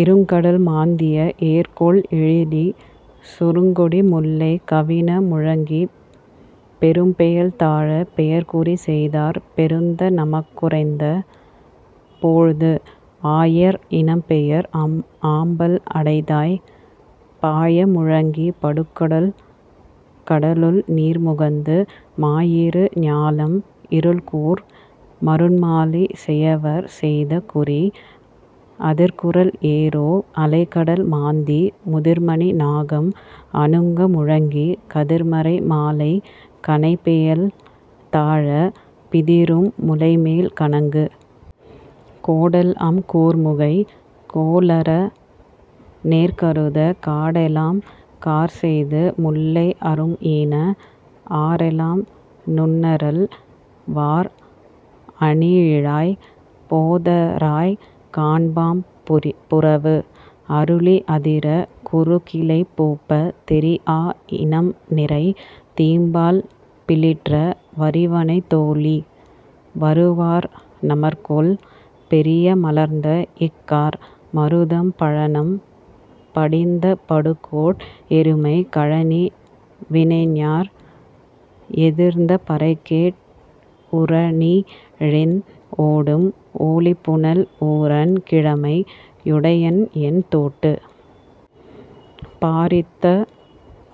இருங்கடல் மாந்திய ஏர்கொள் எழிலி சுருங்கொடி முல்லை கவின முழங்கிப் பெரும்பெயல் தாழப் பெயர்குறி செய்தார் பெருந்த நமக்குரைத்த போழ்து. ஆயர் இனம்பெயர்த் ஆம்பல் அடைதாய் பாய முழங்கிப் படுகடலுள் நீர்முகந்து மாயிரு ஞாலம் இருள்கூர் மருண்மாலை செயவர் செய்த குறி. அதிர்குரல் ஏறோ அலைகடல் மாந்தி முதிர்மணி நாகம் அனுங்க முழங்கிக் கதிர்மறை மாலை கனைபெயல் தாழப் பிதிரும் முலைமேல் கணங்கு. கோடல்அம் கூர்முகை கோளரா நேர்கருதக் காடெலாம் கார்செய்து முல்லை அரும்ஈன ஆறெலாம் நுண்ணறல் வார் அணியிழாய்! போதராய் காண்பாம் புறவு. அருளி அதிரக் குருகிலை பூப்பத் தெரிஆ இனம்நிறை தீம்பால் பிலிற்ற வரிவனைத் தோளி! வருவார் நமர்கொல் பெரிய மலர்ந்தஇக் கார்.. மருதம் பழனம் படிந்த படுகோட் எருமை கழனி வினைஞர்க் எதிர்ந்த பறைகேட் உரனிழிந் ஓடும் ஓலிபுனல் ஊரன் கிழமை யுடையன்என் தோட்டு. பாரித்த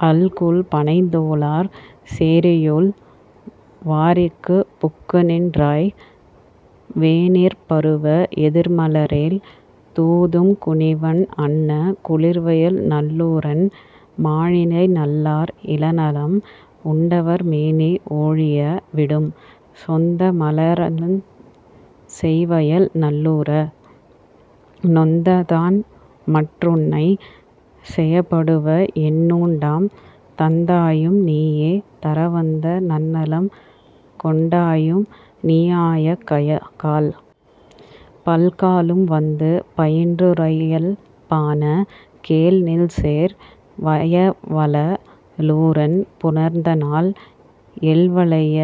அல்குல் பணைத்தோளார் சேரியுள் வாரிக்குப் புக்குநின் றாய். வேனிற் பருவத் எதிர்மலரேல் தூதும் கூனிவண் அன்ன குளிர்வயல் நல்லூரன் மாணிழை நல்லார் இளநலம் உண்டவர் மேனி ஒழிய விடும். செந்தா மரைலருஞ் செய்வயல் நல்லூர! நொந்ததான்மற் உன்னைச் செயப்படுவ என்னுண்டாம் தந்தாயும் நீயே தரவந்த நன்னலம் கொண்டாயும் நீஆயக் கால். பல்காலும் வந்து பயின்றுரையல் பாண! கேள் நெல்சேர் வயவல லூரன் புணர்ந்தநாள் எல்வளைய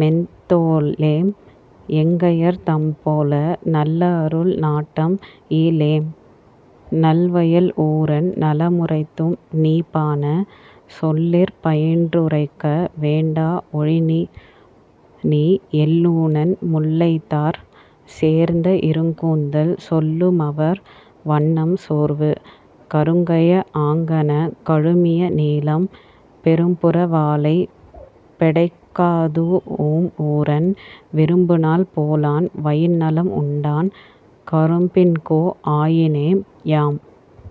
மென்தோளேம் எங்கையர் தம்போல நல்லஅருள் நாட்டம்இ லேம். நல்வயல் ஊரன் நலமுரைத்தும் நீபாண! சொல்லிற் பயின்றுரைக்க வேண்டா ஒழிநீ எல்லுநன் முல்லைத்தார் சேர்ந்த இருங்கூந்தல் சொல்லுமவர் வண்ணம் சோர்வு. கருங்கய ஆங்கண கழுமிய நீலம் பெரும்புற வாளைப் பெடைகதூஉம் ஊரன் விரும்புநாள் போலான் வயின்நலம் உண்டான் கரும்பின்கோ ஆயினேம் யாம்.